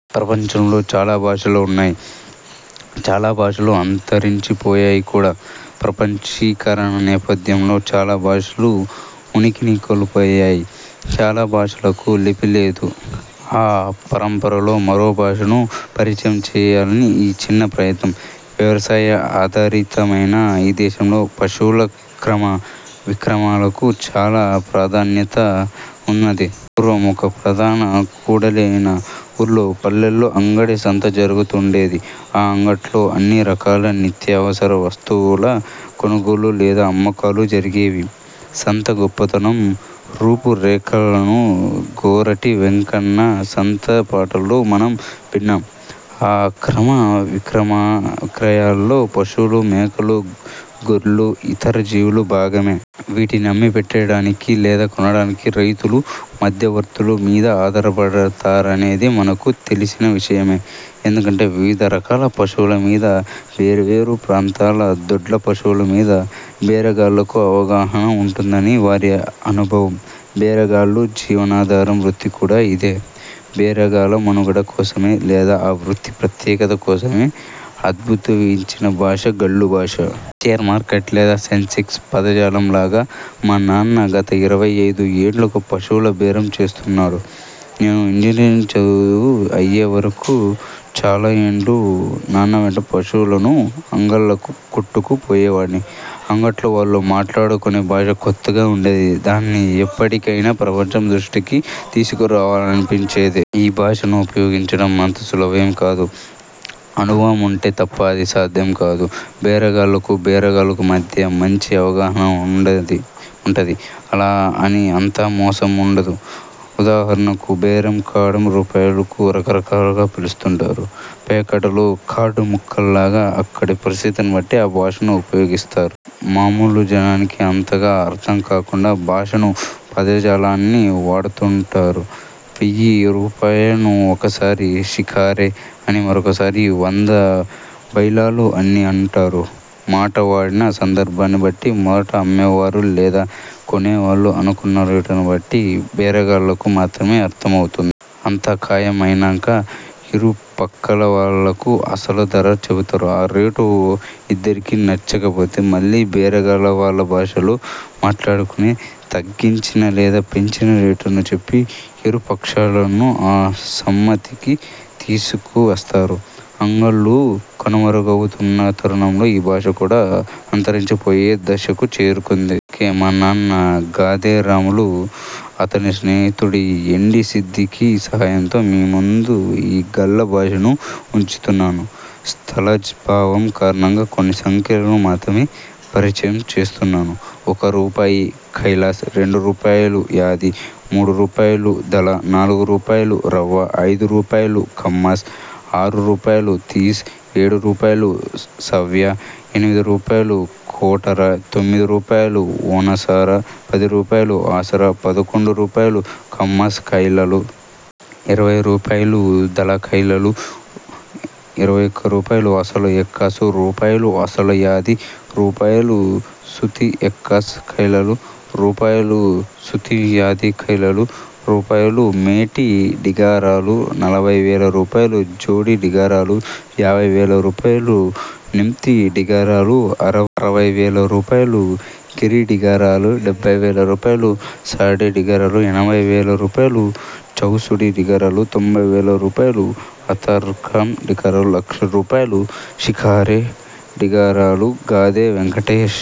ప్రపంచంలో చాలా భాషలు ఉన్నాయి. చాలా భాషలు అంతరించి పోయాయి కూడా. ప్రపంచీకరణ నేపథ్యంలో చాలా భాషలు ఉనికిని కోల్పోయాయి. చాలా భాషలకు లిపి లేదు. ఆ పరంపరలో మరొక భాషను పరిచయం చేయాలని ఈ చిన్న ప్రయత్నం. వ్యవసాయ ఆధారితమైన ఈ దేశంలో పశువుల క్రయ విక్రయాలకు చాలా ప్రాధాన్యత ఉన్నది. పూర్వం ఒక ప్రధాన కూడలి అయిన ఊర్లో, పల్లెల్లో అంగడి సంత జరుగుతుండేది. ఆ అంగట్లో అన్ని రకాల నిత్యావసర వస్తువుల కొనుగోలు లేదా అమ్మకాలు జరిగేవి. సంత గొప్పదనం, రూపు రేఖలను గోరటి వెంకన్న సంత పాటలో మనం విన్నాం. ఆ క్రయ విక్రయాలలో పశువులు, మేకలు, గొర్లు, ఇతర జీవులు భాగమే. వీటిని అమ్మి పెట్టడానికి లేదా కొనడానికి రైతులు మధ్యవర్తుల మీద ఆధారపడతారనేది మనకు తెలిసిన విషయమే. ఎందుకంటే, వివిధ రకాల పశువులమీద, వేర్వేరు ప్రాంతాల దొడ్ల పశువులమీద బేరగాళ్ళకు అవగాహన ఉంటుందని వారి అనుభవం. బేరగాళ్ళ జీవనాధార వృత్తి కూడా ఇదే. బేరగాళ్ళ మనుగడ కోసమో, లేదా ఆ వృత్తి ప్రత్యేకత కోసమో ఉద్భవించిన భాష 'గళ్లు భాష'. షేర్మార్కెట్ లేదా సెన్సెక్స్ పదజాలం లాగా. మా నాన్న గత ఇరవై ఐదు ఏండ్లుగా పశువుల బేరం చేస్తున్నాడు. నేను ఇంజనీరింగ్ చదువు అయ్యే వరకు చాలా ఏండ్లు నాన్నవెంట పశువులను అంగళ్ళకు కొట్టుకు పోయేవాడిని. అంగట్లో వాళ్ళు మాట్లాడుకొనే భాష కొత్తగా ఉండేది. దానిని ఎప్పటికైనా ప్రపంచం దృష్టికి తీసుకురావాలనిపించేది. ఈ భాషను ఉపయోగించడం అంత సులువేం కాదు. అనుభవం ఉంటే తప్ప అది సాధ్యం కాదు. బేరగాళ్ళకు, బేరగాళ్లకు మధ్య మంచి అవగాహన ఉంటది. అలా అని అంతా మోసం ఉండదు. ఉదాహరణకు బేరంకాడ రూపాయలను రకరకాలుగా పిలుస్తుంటరు. పేకాటలో కార్డు ముక్కల్లాగా అక్కడి పరిస్థితిని బట్టి ఈ భాషను ఉపయోగిస్తారు. మామూలు జనానికి అంతగా అర్థంకాకుండా భాషను, పదజాలాన్నీ వాడుతుంటారు. వెయ్యి రూపాయలను ఒకసారి 'శికారే' అనీ, మరొకసారి 'వంద బైలాలు' అనీ అంటారు. మాట వాడిన సందర్భాన్ని బట్టి మొదట అమ్మేవాళ్ళు లేదా కొనేవాళ్ళు అనుకున్న రేటును బట్టి బేర గాళ్లకు మాత్రమే అర్థం అవుతుంది. అంతా ఖాయం అయినంక ఇరుపక్కల వాళ్ళకు అసలు ధర చెబుతారు. ఆ రేటు ఇద్దరికీ నచ్చక పోతే మళ్ళీ బేరగాళ్ళు వాళ్ళ భాషలో మాట్లాడుకొని తగ్గించిన లేదా పెంచిన రేటును చెప్పి ఇరుపక్షాలనూ ఒక సమ్మతికి తీసుకు వస్తారు. అంగళ్లు కనుమరుగవుతున్న తరుణంలో ఈ భాష కూడా అంతరించిపోయే దశకు చేరుకుంది. అందుకే, మా నాన్న గాదె రాములు, అతని స్నేహితుడు ఎండీ సిద్దిఖీ సహాయంతో మీ ముందు ఈ గళ్ళ భాషను ఉంచుతున్నాను. స్థలాభావం కారణంగా కొన్ని సంఖ్యలను మాత్రమే పరిచయం చేస్తున్నాను. ఒక రూపాయి ,ఖైలాస్, రెండు రూపాయలు ,యాది, మూడురూపాయలు, దళ, నాలుగు రూపాయలు ,రవ్వ, ఐదు రూపాయలు ,ఖమ్మస్, ఆరు రూపాయలు ,తీస్, ఏడురూపాయలు ,సవ్య, ఎనిమిది రూపాయలు ,కోటర, తొమ్మిది రూపాయలు ,ఒనసార, పది రూపాయలు ,ఆసరా పదకొండు రూపాయలు, ఖమ్మస్ ఖైలలు. ఇరవై రూపాయలు, దళ ఖైలలు, రూపాయలు ఆసర ఎక్కాస్, రూపాయలు ,ఆసర యాది, రూపాయలు ,సుతి ఎక్కాస్ ఖైలలు, రూపాయలు, సుతి యాది ఖైలలు, రూపాయలు ,మేటి డిగారాలు, నలభై వేల రూపాయలు, జోడి డిగారాలు, యాభై వేల రూపాయలు, నిమ్తి డిగారాలు, అరవై వేల రూపాయలు ,గిరి డిగారాలు, డెబ్బై వేల రూపాయలు ,సాడె డిగారాలు, ఎనభై వేల రూపాయలు ,చౌసుట్టి డిగారాలు, తొంభై వేల రూపాయలు ,ఆతర్కమ్ డిగారాలు, లక్ష రూపాయలు, శికారె డిగారాలు, గాదె వెంకటేశ్